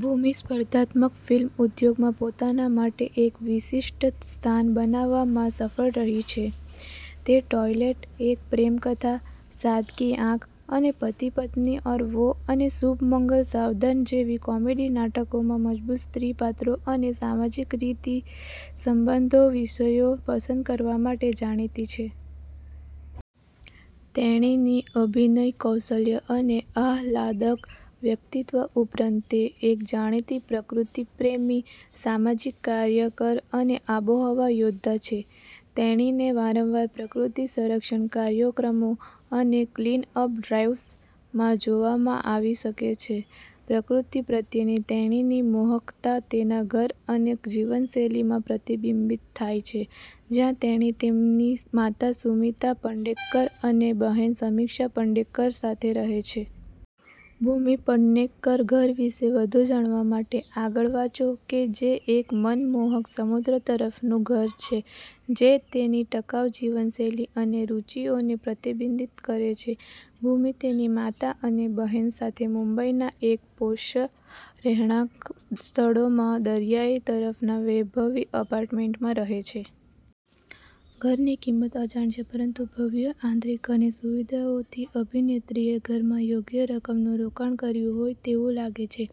ભૂમિ સ્પર્ધાત્મક ફિલ્મ ઉદ્યોગમાં પોતાના માટે એક વિશિષ્ટ સ્થાન બનાવવામાં સફળ રહી છે. તે ટોયલેટ એક પ્રેમ કથા, સાંદ કી આંખ અને પતિ પત્ની ઔર વો અને શુભ મંગલ સાવધાન જેવી કોમેડી નાટકોમાં મજબૂત સ્ત્રી પાત્રો અને સામાજિક રીતે સંબંધિત વિષયો પસંદ કરવા માટે જાણીતી છે. તેણીની અભિનય કૌશલ્ય અને આહલાદક વ્યક્તિત્વ ઉપરાંત, તે એક જાણીતી પ્રકૃતિ પ્રેમી, સામાજિક કાર્યકર અને આબોહવા યોદ્ધા છે. તેણીને વારંવાર પ્રકૃતિ સંરક્ષણ કાર્યક્રમો અને ક્લીન-અપ ડ્રાઇવ્સમાં જોવામાં આવી શકે છે. પ્રકૃતિ પ્રત્યેની તેણીની મોહકતા તેના ઘર અને જીવનશૈલીમાં પ્રતિબિંબિત થાય છે, જ્યાં તેણી તેની માતા સુમિત્રા પેડનેકર અને બહેન સમિક્ષા પેડનેકર સાથે રહે છે. ભૂમિ પેડનેકર ઘર વિશે વધુ જાણવા માટે આગળ વાંચો કે જે એક મનમોહક સમુદ્ર તરફનું ઘર છે જે તેની ટકાઉ જીવનશૈલી અને રુચિઓને પ્રતિબિંબિત કરે છે. ભૂમિ તેની માતા અને બહેન સાથે મુંબઈના એક પોશ રહેણાંક સ્થળોમાં દરિયા તરફના વૈભવી એપાર્ટમેન્ટમાં રહે છે. ઘરની કિંમત અજાણ છે પરંતુ ભવ્ય આંતરિક અને સુવિધાઓથી અભિનેત્રીએ ઘરમાં યોગ્ય રકમનું રોકાણ કર્યું હોય તેવું લાગે છે.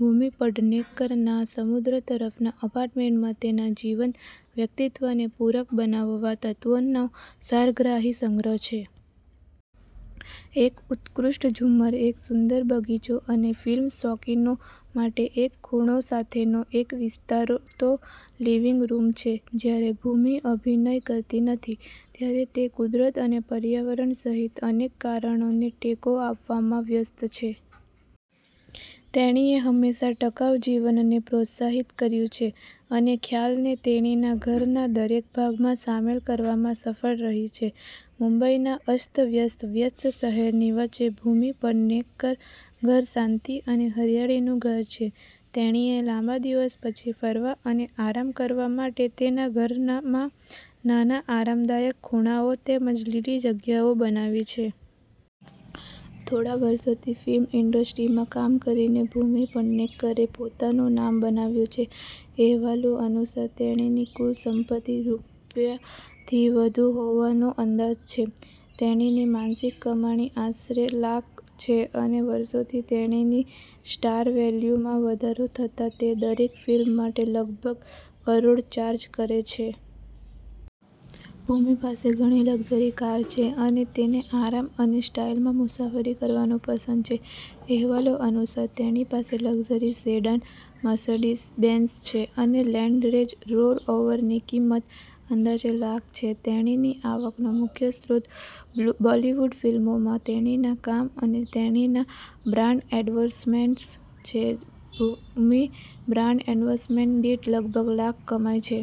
ભૂમિ પેડનેકરના સમુદ્ર તરફના એપાર્ટમેન્ટમાં તેના જીવંત વ્યક્તિત્વને પૂરક બનાવવા તત્વોનો સારગ્રાહી સંગ્રહ છે. એક ઉત્કૃષ્ટ ઝુમ્મર, એક સુંદર બગીચો અને ફિલ્મ શોખીનો માટે એક ખૂણો સાથેનો એક વિસ્તરતો લિવિંગ રૂમ છે. જ્યારે ભૂમિ અભિનય કરતી નથી, ત્યારે તે કુદરત અને પર્યાવરણ સહિત અનેક કારણોને ટેકો આપવામાં વ્યસ્ત છે. તેણીએ હંમેશા ટકાઉ જીવનને પ્રોત્સાહિત કર્યું છે અને ખ્યાલને તેણીના ઘરના દરેક ભાગમાં સામેલ કરવામાં સફળ રહી છે. મુંબઈના અસ્તવ્યસ્ત, વ્યસ્ત શહેરની વચ્ચે ભૂમિ પેડનેકર ઘર શાંતિ અને હરિયાળીનું ઘર છે. તેણીએ લાંબા દિવસ પછી ફરવા અને આરામ કરવા માટે તેના ઘરમાં નાના, આરામદાયક ખૂણાઓ તેમજ લીલી જગ્યાઓ બનાવી છે. થોડાં વર્ષોથી ફિલ્મ ઈન્ડસ્ટ્રીમાં કામ કરીને ભૂમિ પેડનેકરે પોતાનું નામ બનાવ્યું છે. અહેવાલો અનુસાર, તેણીની કુલ સંપત્તિ રૂ. થી વધુ હોવાનો અંદાજ છે. તેણીની માસિક કમાણી આશરે લાખ છે અને વર્ષોથી તેણીની સ્ટાર વેલ્યુમાં વધારો થતાં તે દરેક ફિલ્મ માટે લગભગ કરોડ ચાર્જ કરે છે. ભૂમિ પાસે ઘણી લક્ઝરી કાર છે અને તેને આરામ અને સ્ટાઇલમાં મુસાફરી કરવાનું પસંદ છે. અહેવાલો અનુસાર, તેણી પાસે લક્ઝરી સેડાન મર્સિડીઝ બેન્ઝ છે અને લેન્ડ રેન્જ રોવરની કિંમત અંદાજે લાખ છે. તેણીની આવકનો મુખ્ય સ્ત્રોત બોલિવૂડ ફિલ્મોમાં તેણીના કામ અને તેણીના બ્રાન્ડ એન્ડોર્સમેન્ટ્સ છે. ભૂમિ બ્રાન્ડ એન્ડોર્સમેન્ટ દીઠ લગભગ લાખ કમાય છે.